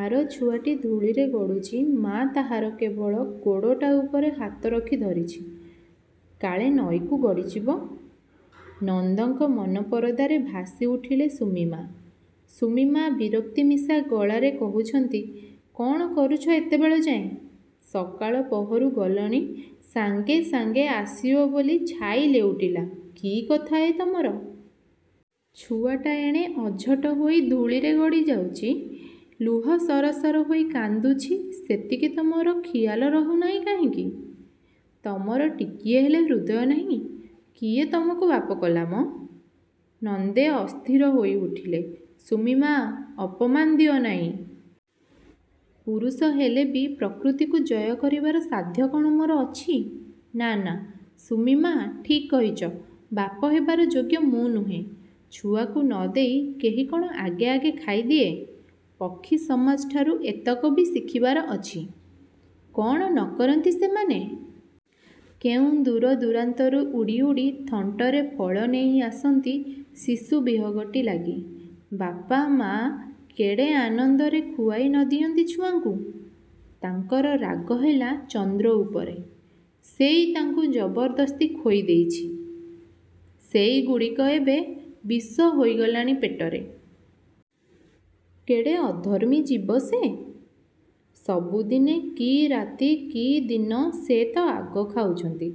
ଆର ଛୁଆଟି ଧୂଳିରେ ଗଡ଼ୁଚି ମା' ତାହାର କେବଳ ଗୋଡ଼ଟା ଉପରେ ହାତ ରଖି ଧରିଚି। କାଳେ, ନଈକୁ ଗଡ଼ିଯିବ? ନନ୍ଦଙ୍କ ମନ ପରଦାରେ ଭାସି ଉଠିଲେ ସୁମି-ମା'। ସୁମି-ମା' ବିରକ୍ତିମିଶା ଗଳାରେ କହୁଛନ୍ତି–କ'ଣ କରୁଛ ଏତେବେଳଯାଏଁ। ସକାଳପହରୁ ଗଲଣି; ସାଙ୍ଗେ ସାଙ୍ଗେ ଆସିବ ବୋଲି ଆସି ଛାଇ ଲେଉଟିଲା, କି କଥା ଏ ତମର? ଛୁଆଟା ଏଣେ ଅଝଟ ହୋଇ ଧୂଳିରେ ଗଡ଼ି ଯାଉଚି, ଲୁହ ସରସର ହୋଇ କାନ୍ଦୁଛି ସେଥିକି ତମର ଖିଆଲ ରହୁନାଇଁ କାହିଁକି? ତମର ଟିକିଏ ହେଲେ ହୃଦୟ ନାହିଁ। କିଏ ତମକୁ ବାପ କଲାମଁ? '' ନନ୍ଦେ ଅସ୍ଥିର ହୋଇ ଉଠିଲେ–ସୁମି-ମା, ଅପମାନ ଦିଅ ନାଇଁ। ପୁରୁଷ ହେଲେ ବି ପ୍ରକୃତିକୁ ଜୟ କରିବାର ସାଧ୍ୟ କ'ଣ ମୋର ଅଛି? ନା–ନା, ସୁମି-ମା ଠିକ୍ କହିଚ–ବାପ ହେବାର ଯୋଗ୍ୟ ମୁଁ ନୁହେଁ। ଛୁଆକୁ ନ ଦେଇ କେହି କ'ଣ ଆଗେ ଆଗେ ଖାଇଦିଏ। ପକ୍ଷୀ ସମାଜଠାରୁ ଏତକ ବି ଶିଖିବାର ଅଛି। କ'ଣ ନ କରନ୍ତି ସେମାନେ? କେଉଁ ଦୂରଦୂରାନ୍ତରୁ ଉଡ଼ି ଉଡ଼ି ଥଣ୍ଟରେ ଫଳ ନେଇ ଆସନ୍ତି ଶିଶୁ ବିହଗଟି ଲାଗି–ବାପ, ମା କେଡ଼େ ଆନନ୍ଦରେ ଖୁଆଇ ନ ଦିଅନ୍ତି ଛୁଆଙ୍କୁ-? ତାଙ୍କର ରାଗ ହେଲା ଚନ୍ଦ୍ର ଉପରେ। ସେଇ ତାଙ୍କୁ ଜବରଦସ୍ତି ଖୋଇ ଦେଇଚି। ସେଇଗୁଡ଼ିକ ଏବେ ବିଷ ହୋଇଗଲାଣି ପେଟରେ। କେଡ଼େ ଅଧର୍ମୀ ଜୀବ ସେ? ସବୁଦିନେ କି ରାତି କି ଦିନ ସେ ତ ଆଗ ଖାଉଛନ୍ତି।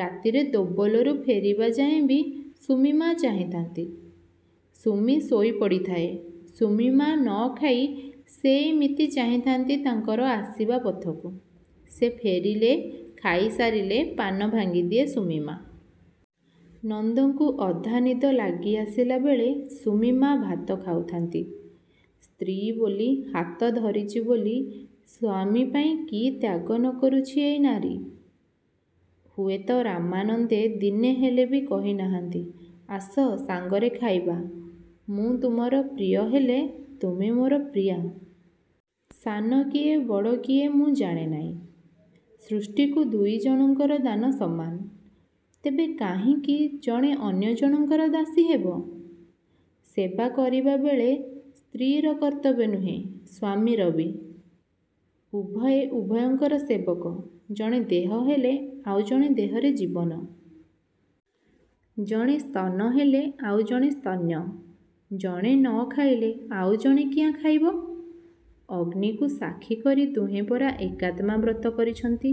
ରାତିରେ ଦୋବଲରୁ ଫେରିବା ଯାଏଁ ବି ସୁମି ମା ଚାହିଁଥାନ୍ତି-। ସୁମି ଶୋଇ ପଡ଼ିଥାଏ। ସୁମି-ମା ନ ଖାଇ ସେଇମିତି ଚାହିଁଥାନ୍ତି ତାଙ୍କରି ଆସିବା ପଥକୁ। ସେ ଫେରିଲେ, ଖାଇସାରିଲେ ପାନ ଭାଙ୍ଗିଦିଏ ସୁମି-ମା। ନନ୍ଦଙ୍କୁ ଅଧା ନିଦ ଲାଗି ଆସିଲାବେଳେ ସୁମି-ମା ଭାତ ଖାଉଥାନ୍ତି। ସ୍ତ୍ରୀ ବୋଲି, ହାତ ଧରିଚି ବୋଲି ସ୍ୱାମୀପାଇଁ କି ତ୍ୟାଗ ନ କରୁଛି ଏଇ ନାରୀ। ହୁଏତ ରାମାନନ୍ଦେ ଦିନେ ହେଲେ କହି ନାହାନ୍ତି–ଆସ ସାଙ୍ଗରେ ଖାଇବା। ମୁଁ ତୁମର ପ୍ରିୟ ହେଲେ, ତୁମେ ମୋର ପ୍ରିୟା। ସାନ କିଏ ବଡ଼ କିଏ ମୁଁ ଜାଣେ ନାଇଁ। ସୃଷ୍ଟିକୁ ଦୁଇଜଣଙ୍କର ଦାନ ସମାନ। ତେବେ, କାହିଁକି ଜଣେ ଅନ୍ୟ ଜଣଙ୍କର ଦାସୀ ହେବ? ସେବା କରିବା ବେଳେ ସ୍ତ୍ରୀର କର୍ତ୍ତବ୍ୟ ନୁହେଁ, ସ୍ୱାମୀର ବି। ଉଭୟେ ଉଭୟଙ୍କର ସେବକ। ଜଣେ ଦେହ ହେଲେ ଆଉ ଜଣେ ଦେହରେ ଜୀବନ। ଜଣେ ସ୍ତନ ହେଲେ ଆଉ ଜଣେ ସ୍ତନ୍ୟ। ଜଣେ ନ ଖାଇଲେ ଆଉ ଜଣେ କିଆଁ ଖାଇବ? ଅଗ୍ନିକୁ ସାକ୍ଷୀକରି ଦୁହେଁ ପରା ଏକାତ୍ମାବ୍ରତ କରିଛନ୍ତି।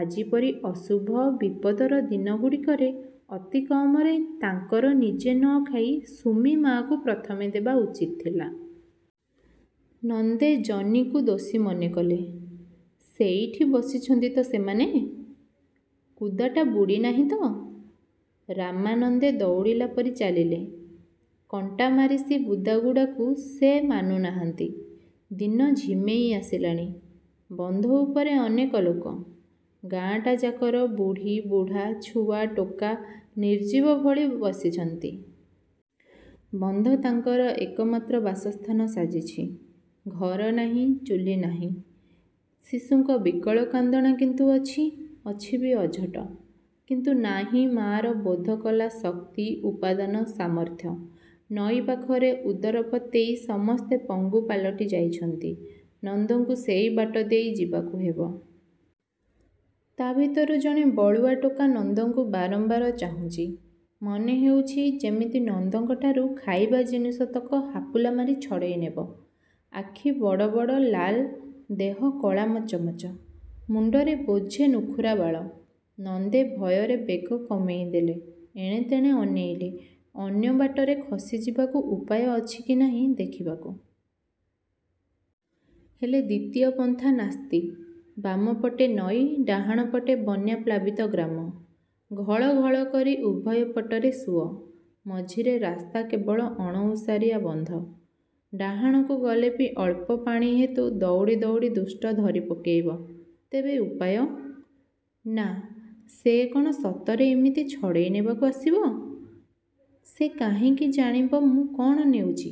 ଆଜିପରି ଅଶୁଭ, ବିପଦର ଦିନଗୁଡ଼ିକରେ ଅତିକମରେ ତାଙ୍କର ନିଜେ ନ ଖାଇ ସୁମି-ମାକୁ ପ୍ରଥମେ ଦେବା ଉଚିତ ଥିଲା। ନନ୍ଦେ ଜନିକୁ ଦୋଷୀ ମନେ କଲେ। ସେଇଠି ବସିଛନ୍ତି ତ ସେମାନେ? କୁଦାଟା ବୁଡ଼ି ନାହିଁ ତ? ରାମାନନ୍ଦେ ଦଉଡ଼ିଲାପରି ଚାଲିଲେ। କଣ୍ଟାମାରିସି ବୁଦାଗୁଡ଼ାକୁ ସେ ମାନୁ ନାହାନ୍ତି। ଦିନ ଝିମେଇ ଆସିଲାଣି। ବନ୍ଧ ଉପରେ ଅନେକ ଲୋକ। ଗାଁଟା ଯାକର ବୁଢ଼ୀ–ବୁଢ଼ା–ଛୁଆ ଟୋକା ନିର୍ଜୀବ ଭଳି ବସିଛନ୍ତି। ବନ୍ଧ ତାଙ୍କର ଏକମାତ୍ର ବାସସ୍ଥାନ ସାଜିଛି। ଘର ନାହିଁ, ଚୁଲି ନାହିଁ। ଶିଶୁଙ୍କ ବିକଳ କାନ୍ଦଣା କିନ୍ତୁ ଅଛି, ଅଛି ବି ଅଝଟ। କିନ୍ତୁ ନାହିଁ ମା'ର ବୋଧକଲା ଶକ୍ତି, ଉପାଦାନ, ସାମର୍ଥ୍ୟ। ନଈ ପାଖରେ ଉଦର ପତେଇ ସମସ୍ତେ ପଙ୍ଗୁ ପାଲଟି ଯାଇଛନ୍ତି। ନନ୍ଦଙ୍କୁ ସେଇବାଟ ଦେଇ ଯିବାକୁ ହେବ। ତା'ଭିତରୁ ଜଣେ ବଳୁଆ ଟୋକା ନନ୍ଦଙ୍କୁ ବାରମ୍ବାର ଚାହୁଁଚି। ମନେ ହେଉଛି–ଯେମିତି ନନ୍ଦଙ୍କଠାରୁ ଖାଇବା ଜିନିଷତକ ହାପୁଲା ମାରି ଛଡ଼େଇ ନେବ। ଆଖି ବଡ଼, ବଡ଼–ଲାଲ, ଦେହ କଳାମଚମଚ। ମୁଣ୍ଡରେ ବୋଝେ ନୁଖରା ବାଳ। ନନ୍ଦେ ଭୟରେ ବେଗ କମେଇ ଦେଲେ, ଏଣେତେଣେ ଅନେଇଲେ–ଅନ୍ୟବାଟରେ ଖସି ଯିବାକୁ ଉପାୟ ଅଛି କି ନାହିଁ ଦେଖିବାକୁ। ହେଲେ, ଦ୍ୱିତୀୟ ପନ୍ଥା ନାସ୍ତି। ବାମପଟେ ନଈ, ଡାହାଣପଟେ ବନ୍ୟାପ୍ଳାବିତ ଗ୍ରାମ। ଘଳ-ଘଳ କରି ଉଭୟ ପଟରେ ସୁଅ। ମଝିରେ ରାସ୍ତା କେବଳ ଅଣଓସାରିଆ ବନ୍ଧ। ଡାହାଣକୁ ଗଲେ ବି ଅଳ୍ପ ପାଣି ହେତୁ ଦଉଡ଼ି ଦଉଡ଼ି ଦୁଷ୍ଟ ଧରି ପକେଇବ। ତେବେ ଉପାୟ? ନା, ସେ କ'ଣ ସତରେ ଏମିତି ଛଡ଼େଇ ନେବାକୁ ଆସିବ? ସେ କାହିଁକି ଜାଣିବ ମୁଁ କଣ ନେଉଚି।